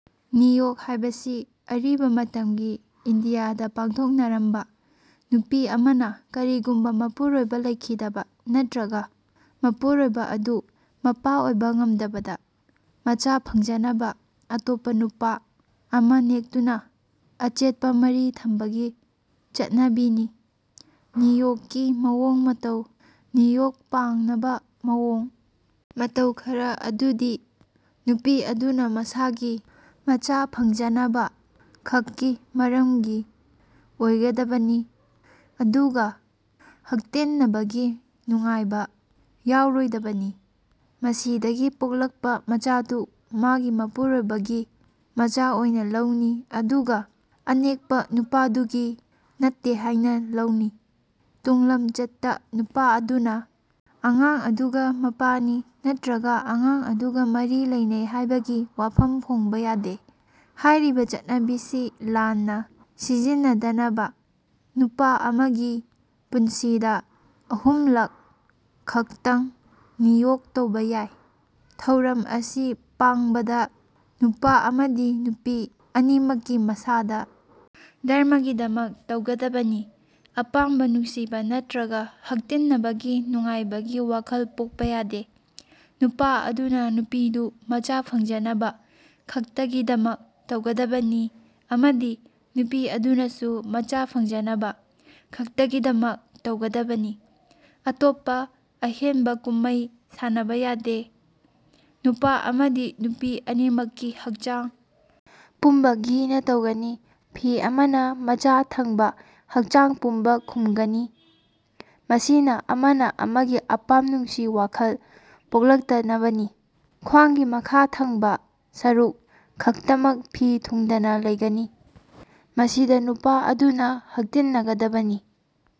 ꯅꯤꯌꯣꯒ ꯍꯥꯏꯕꯁꯤ ꯑꯔꯤꯕ ꯃꯇꯝꯒꯤ ꯏꯟꯗꯤꯌꯥꯗ ꯄꯥꯡꯊꯣꯛꯅꯔꯝꯕ ꯅꯨꯄꯤ ꯑꯃꯅ ꯀꯔꯤꯒꯨꯝꯕ ꯃꯄꯨꯔꯣꯢꯕ ꯂꯩꯈꯤꯗꯕꯗ ꯅꯠꯇ꯭ꯔꯒ ꯃꯄꯨꯔꯣꯢꯕ ꯑꯗꯨ ꯃꯄꯥ ꯑꯣꯢꯕ ꯉꯝꯗꯕꯗ ꯃꯆꯥ ꯐꯪꯖꯅꯕ ꯑꯇꯣꯞꯄ ꯅꯨꯄꯥ ꯑꯃ ꯅꯦꯛꯇꯨꯅ ꯑꯆꯦꯠꯄ ꯃꯔꯤ ꯊꯝꯕꯒꯤ ꯆꯠꯅꯕꯤꯅꯤ꯫ ꯅꯤꯌꯣꯒꯀꯤ ꯃꯑꯣꯡ ꯃꯇꯧ ꯅꯤꯌꯣꯒ ꯄꯥꯡꯅꯕ ꯃꯑꯣꯡ ꯃꯇꯧ ꯈꯔ ꯑꯗꯨꯗꯤ ꯅꯨꯄꯤ ꯑꯗꯨꯅ ꯃꯁꯥꯒꯤ ꯃꯆꯥ ꯐꯪꯖꯅꯕ ꯈꯛꯀꯤ ꯃꯔꯝꯒꯤ ꯑꯣꯢꯒꯗꯕꯅꯤ ꯑꯗꯨꯒ ꯍꯛꯇꯤꯟꯅꯕꯒꯤ ꯅꯨꯡꯉꯥꯢꯕ ꯌꯥꯎꯔꯣꯢꯗꯕꯅꯤ꯫ ꯃꯁꯤꯗꯒꯤ ꯄꯣꯛꯂꯛꯄ ꯃꯆꯥꯗꯨ ꯃꯥꯒꯤ ꯃꯄꯨꯔꯣꯢꯕ ꯒꯤ ꯃꯆꯥ ꯑꯣꯢꯅ ꯂꯧꯅꯤ ꯑꯗꯨꯒ ꯑꯅꯦꯛꯄ ꯅꯨꯄꯥꯗꯨꯒꯤ ꯅꯠꯇꯦ ꯍꯥꯢꯅ ꯂꯧꯅꯤ꯫ ꯇꯨꯡꯂꯝꯆꯠꯇ ꯅꯨꯄꯥ ꯑꯗꯨꯅ ꯑꯉꯥꯡ ꯑꯗꯨꯒ ꯃꯄꯥꯅꯤ ꯅꯠꯇ꯭ꯔꯒ ꯑꯉꯥꯡ ꯑꯗꯨꯒ ꯃꯔꯤ ꯂꯩꯅꯩ ꯍꯥꯢꯕꯒꯤ ꯋꯥꯐꯝ ꯐꯣꯡꯕ ꯌꯥꯗꯦ꯫ ꯍꯥꯢꯔꯤꯕ ꯆꯠꯅꯕꯤꯁꯤ ꯂꯥꯟꯅ ꯁꯤꯖꯤꯟꯅꯗꯅꯕ ꯅꯨꯄꯥ ꯑꯃ ꯒꯤ ꯄꯨꯟꯁꯤꯗ ꯳ꯂꯛ ꯈꯛꯇꯪ ꯅꯤꯌꯣꯒ ꯇꯧꯕ ꯌꯥꯢ꯫ ꯊꯧꯔꯝ ꯑꯁꯤ ꯄꯥꯡꯕꯗ ꯅꯨꯄꯥ ꯑꯃꯗꯤ ꯅꯨꯄꯤ ꯑꯅꯤꯃꯛꯀꯤ ꯃꯁꯥꯗ ꯙꯔꯃꯒꯤꯗꯃꯛ ꯇꯧꯒꯗꯕꯅꯤ ꯑꯄꯥꯝꯕ ꯅꯨꯡꯁꯤꯕ ꯅꯠꯇ꯭ꯔꯒ ꯍꯛꯇꯤꯟꯅꯕꯒꯤ ꯅꯨꯡꯉꯥꯢꯕꯒꯤ ꯋꯥꯈꯜ ꯄꯣꯛꯄ ꯌꯥꯗꯦ꯫ ꯅꯨꯄꯥ ꯑꯗꯨꯅ ꯅꯨꯄꯤꯗꯨ ꯃꯆꯥ ꯐꯪꯖꯅꯕ ꯈꯛꯇꯒꯤꯗꯃꯛ ꯇꯧꯒꯗꯕꯅꯤ ꯑꯃꯗꯤ ꯅꯨꯄꯤ ꯑꯗꯨꯅꯁꯨ ꯃꯆꯥ ꯐꯪꯖꯅꯕ ꯈꯛꯇꯒꯤꯗꯃꯛ ꯇꯧꯒꯗꯕꯅꯤ꯫ ꯑꯇꯣꯞꯄ ꯑꯍꯦꯟꯕꯀꯨꯝꯃꯩ ꯁꯥꯟꯅꯕ ꯌꯥꯗꯦ꯫ ꯅꯨꯄꯥ ꯑꯃꯗꯤ ꯅꯨꯄꯤ ꯑꯅꯤꯃꯛꯀꯤ ꯍꯛꯆꯥꯡ ꯄꯨꯝꯕ ꯘꯤꯅ ꯇꯩꯒꯅꯤ꯫ ꯐꯤ ꯑꯃꯅ ꯃꯆꯥ ꯊꯪꯕ ꯍꯛꯆꯥꯡ ꯄꯨꯝꯕ ꯈꯨꯝꯒꯅꯤ꯫ ꯃꯁꯤꯅ ꯑꯃꯅ ꯑꯃꯒꯤ ꯑꯄꯥꯝ ꯅꯨꯡꯁꯤ ꯋꯥꯈꯜ ꯄꯣꯛꯂꯛꯇꯅꯕꯅꯤ꯫ ꯈ꯭ꯋꯥꯡꯒꯤ ꯃꯈꯥ ꯊꯪꯕ ꯁꯔꯨꯛ ꯈꯛꯇꯃꯛ ꯐꯤ ꯊꯨꯡꯗꯅ ꯂꯩꯒꯅꯤ꯫ ꯃꯁꯤꯗ ꯅꯨꯄꯥ ꯑꯗꯨꯅ ꯍꯛꯇꯤꯟꯅꯒꯗꯕꯅꯤ꯫